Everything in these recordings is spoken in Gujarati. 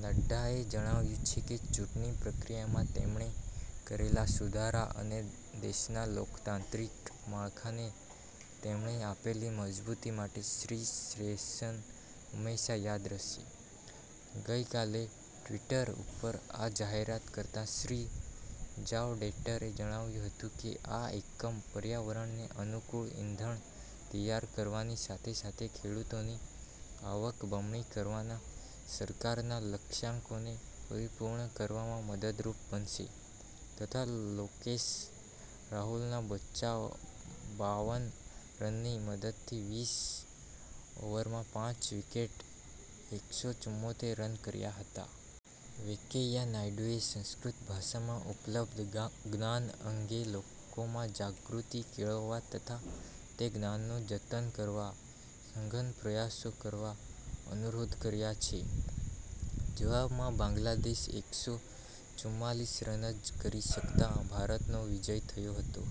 નડ્ડાએ જણાવ્યું છે કે ચૂંટણી પ્રક્રિયામાં તેમણે કરેલા સુધારા અને દેશના લોકતાંત્રિક માળખાને તેમણે આપેલી મજબૂતી માટે શ્રી શેષન હંમેશા યાદ રહેશે. ગઈકાલે ટવિટર ઉપર આ જાહેરાત કરતા શ્રી જાવડેકરે જણાવ્યું હતું કે આ એકમ પર્યાવરણને અનુકૂળ ઈંધણ તૈયાર કરવાની સાથે-સાથે ખેડૂતોની આવક બમણી કરવાના સરકારના લક્ષ્યાંકને પરિપૂર્ણ કરવામાં મદદરૂપ બનશે, તથા લોકેશ રાહુલના બાવન રનની મદદથી વીસ ઓવરમાં પાંચ વિકેટે એક સો ચુમોતેર રન કર્યા હતા. વેંકૈયા નાયડુએ સંસ્કૃત ભાષામાં ઉપલબ્ધ જ્ઞાન અંગે લોકોમાં જાગૃતિ કેળવવા તથા તે જ્ઞાનનું જતન કરવા સઘન પ્રયાસો કરવા અનુરોધ કર્યો છે. જવાબમાં બાંગ્લાદેશ એક સો ચુંમાલીસ રન જ કરી શકતા ભારતનો વિજય થયો હતો.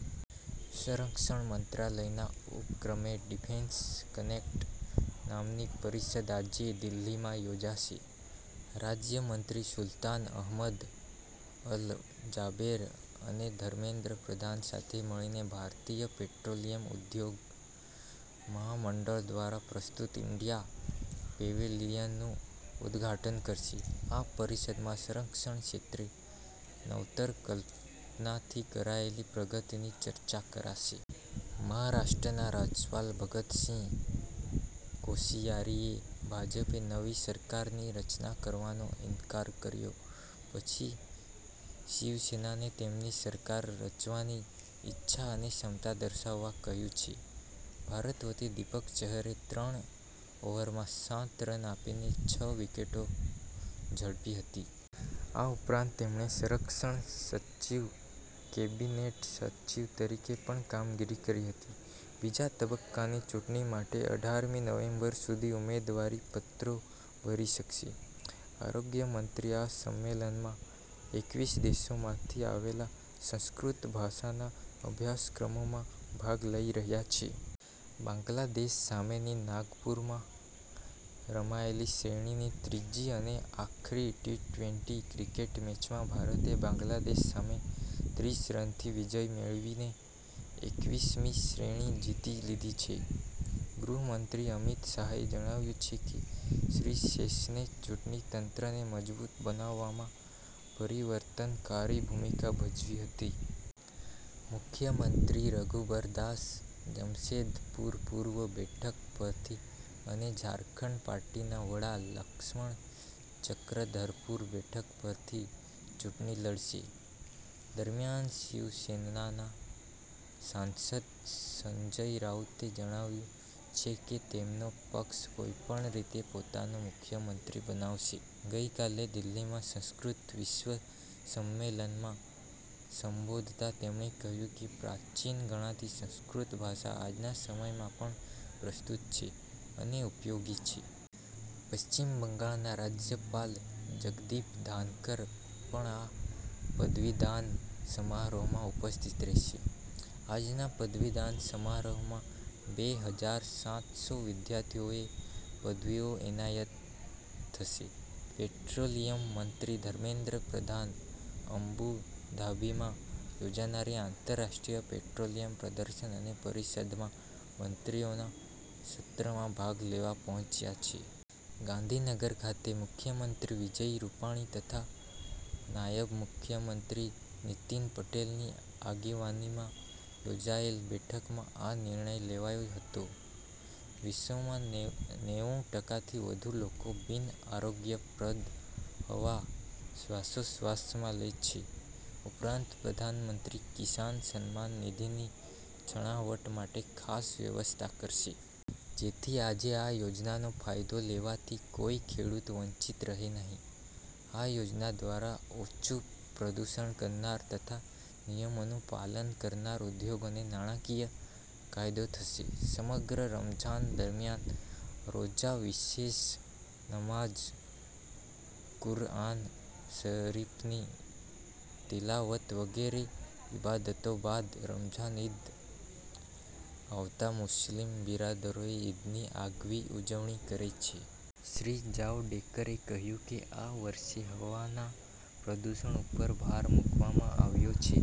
સંરક્ષણ મંત્રાલયના ઉપક્રમે ડિફેન્સ કનેક્ટ નામની પરિષદ આજે દિલ્હીમાં યોજાશે. રાજ્યમંત્રી સુલતાન અહમદ અલ જાબેર અને ધર્મેન્દ્ર પ્રધાન સાથે મળીને ભારતીય પેટ્રોલિયમ ઉદ્યોગ મહામંડળ દ્વારા પ્રસ્તુત ઈન્ડિયા પેવેલીયનનું ઉદઘાટન કરશે. આ પરિષદમાં સંરક્ષણ ક્ષેત્રે નવતર કલ્પનાથી કરાયેલી પ્રગતિની ચર્ચા કરાશે. મહારાષ્ટ્રના રાજ્યપાલ ભગતસિંહ કોશીયારીએ ભાજપે નવી સરકારની રચના કરવાનો ઈનકાર કર્યા પછી શિવસેનાને તેમની સરકાર રચવાની ઈચ્છા અને ક્ષમતા દર્શાવવા કહ્યું છે. ભારત વતી દીપક ચહરે ત્રણ ઓવરમાં સાત રન આપીને છ વિકેટો ઝડપી હતી. આ ઉપરાંત તેમણે સંરક્ષણ સચિવ કેબિનેટ સચિવ તરીકે પણ કામગીરી કરી હતી. બીજા તબક્કાની ચૂંટણી માટે અઢારમી નવેમ્બર સુધી ઉમેદવારી પત્રો ભરી શકાશે. આરોગ્યમંત્રી આ સંમેલનમાં એકવીસ દેશોમાંથી આવેલા સંસ્કૃત ભાષાના અભ્યાસક્રમોમાં ભાગ લઈ રહ્યા છે. બાંગ્લાદેશ સામેની નાગપુરમાં રમાયેલી શ્રેણીની ત્રીજી અને આખરી ટી-ટવેન્ટી ક્રિકેટ મેચમાં ભારતે બાંગ્લાદેશ સામે ત્રીસ રનથી વિજય મેળવીને એકવીસમી શ્રેણી જીતી લીધી છે. ગૃહમંત્રી અમિત શાહે જણાવ્યું છે કે શ્રી શેષને ચૂંટણી તંત્રને મજબૂત બનાવવામાં પરિવર્તનકારી ભૂમિકા ભજવી હતી. મુખ્યમંત્રી રઘુબરદાસ જમશેદપુરપૂર્વ બેઠક પરથી અને ઝારખંડ પાર્ટીના વડા લક્ષ્મણ ચક્રધરપુર બેઠક પરથી ચૂંટણી લડશે. દરમ્યાન શિવસેનાના સાંસદ સંજય રાઉતે જણાવ્યું છે કે, તેમનો પક્ષ કોઈપણ રીતે પોતાનો મુખ્યમંત્રી બનાવશે. ગઈકાલે દિલ્હીમાં સંસ્કૃત વિશ્વ સંમેલનમાં સંબોધતા તેમણે કહ્યું કે પ્રાચીન ગણાતી સંસ્કૃત ભાષા આજના સમયમાં પણ પ્રસ્તૃત છે અને ઉપયોગી છે. પશ્ચિમ બંગાળના રાજ્યપાલ જગદીપ ધાનકર પણ આ પદવીદાન સમારોહમાં ઉપસ્થિત રહેશે. આજના પદવીદાન સમારંભમાં બે હજાર સાત સો વિદ્યાર્થીઓને પદવીઓ એનાયત થશે. પેટ્રોલિયમ મંત્રી ધર્મેન્દ્ર પ્રધાન અબુધાબીમાં યોજાનારી આંતરરાષ્ટ્રીય પેટ્રોલિયમ પ્રદર્શન અને પરિષદમાં મંત્રીઓના સત્રમાં ભાગ લેવા પહોંચ્યા છે. ગાંધીનગર ખાતે મુખ્યમંત્રી વિજય રૂપાણી તથા નાયબ મુખ્યમંત્રી નિતિન પટેલની આગેવાનીમાં યોજાયેલ બેઠકમાં આ નિર્ણય લેવાયો હતો. વિશ્વમાં નેવું ટકાથી વધુ લોકો બિન આરોગ્યપ્રદ હવા શ્વાસોચ્છવાસમાં લે છે. ઉપરાંત પ્રધાનમંત્રી કિસાન સન્માન નિધિની છણાવટ માટે ખાસ વ્યવસ્થા કરાશે. જેથી આ યોજનાનો ફાયદો લેવાથી કોઈ ખેડૂત વંચિત રહે નહીં. આ યોજના દ્વારા ઓછુ પ્રદૂષણ કરનારા તથા નિયમોનું પાલન કરનારા ઉદ્યોગોને નાણાકીય ફાયદો થશે. સમગ્ર રમઝાન દરમિયાન રોજા વિશેષ નમાઝ કુરઆન શરીફની તિલાવત વગેરે ઈબાદતો બાદ રમઝાન ઈદ આવતા મુસ્લિમ બિરાદરો ઈદની આગવી ઉજવણી કરે છે. શ્રી જાવડેકરે કહ્યું કે આ વર્ષે હવાના પ્રદૂષણ ઉપર ભાર મૂકવામાં આવ્યો છે.